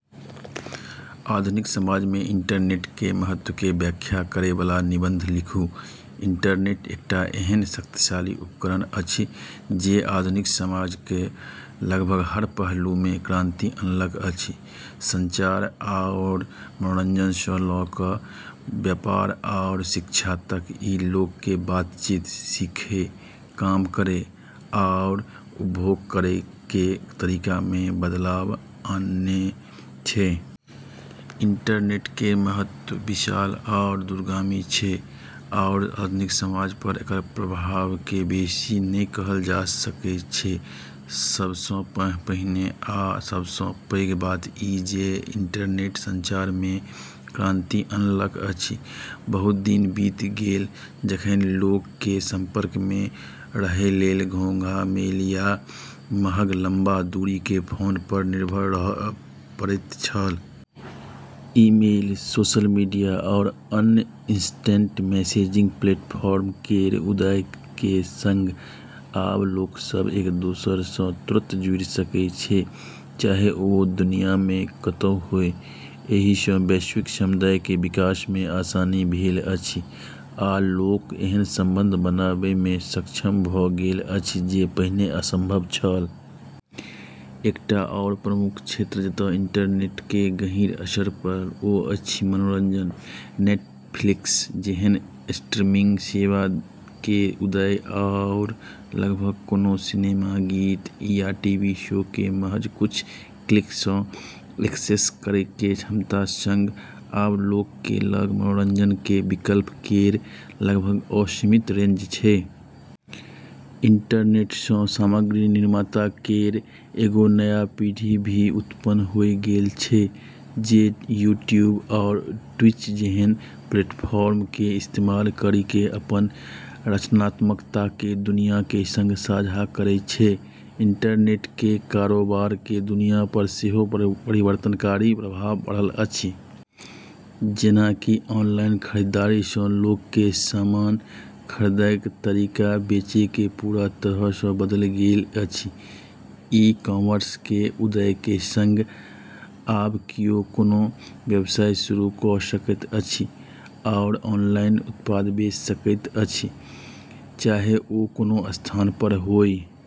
आधुनिक समाजमे इंटरनेटके महत्वके व्याख्या करैबला निबंध लिखु । इंटरनेट एकटा एहन शक्तिशाली उपकरण अछि जे आधुनिक समाजक लगभग हर पहलूमे क्रांति अनलक अछि। संचार आओर मनोरंजनसँ ल' क' व्यापार आओर शिक्षा तक, ई लोकके बातचीत, सीखै, काम करै, आओर उपभोग करैके तरीकामे बदलाव आननै छै। इंटरनेट केर महत्व विशाल आओर दूरगामी छै, आओर आधुनिक समाज पर एकर प्रभावके बेशी नहि कहल जा सकै छै। सबसँ पहिने आ सबसँ पैघ बात ई जे इंटरनेट संचारमे क्रांति अनलक अछि। बहुत दिन बीत गेल जखन लोकके संपर्कमे रहय लेल घोंघा मेल या महग लंबा दूरीके फोन पर निर्भर रहय पड़ैत छल। ईमेल, सोशल मीडिया, आओर अन्य इंस्टेंट मैसेजिंग प्लेटफॉर्म केर उदयके सङ्ग आब लोकसब एक-दूसरासँ तुरंत जुड़ि सकै छै, चाहे ओ दुनियामे कतहुँ होइ। एहिसँ वैश्विक समुदायके विकासमे आसानी भेल अछि आ लोक एहन संबंध बनेबामे सक्षम भ' गेल अछि जे पहिने असंभव छल। एकटा आओर प्रमुख क्षेत्र जतय इंटरनेटके गहीँर असर पड़ल ओ अछि मनोरंजन। नेटफ्लिक्स जेहन स्ट्रीमिंग सेवा केर उदय आओर लगभग कोनो सिनेमा, गीत, या टीवी शोके महज कुछ क्लिकसँ एक्सेस करैके क्षमताके सङ्ग, आब लोकके लग मनोरंजनके विकल्प केर लगभग असीमित रेंज छै। इंटरनेटसँ सामग्री निर्माता केर एगो नया पीढ़ी भी उत्पन्न होइ गेल छै, जे यूट्यूब आओर ट्विच जेहन प्लेटफॉर्मके इस्तेमाल करिके अपन रचनात्मकताके दुनियाके सङ्ग साझा करै छै। इंटरनेटके कारोबारके दुनिया पर सेहो परिवर्तनकारी प्रभाव पड़ल अछि। जेना कि ऑनलाइन खरीदारीसँ लोकके सामान खरीदय- तरीका बेचैके पूरा तरहसँ बदलि गेल अछि। ई-कॉमर्सके उदयके सङ्ग आब किओ कोनो व्यवसाय शुरू क' सकैत अछि आओर ऑनलाइन उत्पाद बेच सकैत अछि, चाहे ओ कोनो स्थान पर होइ ।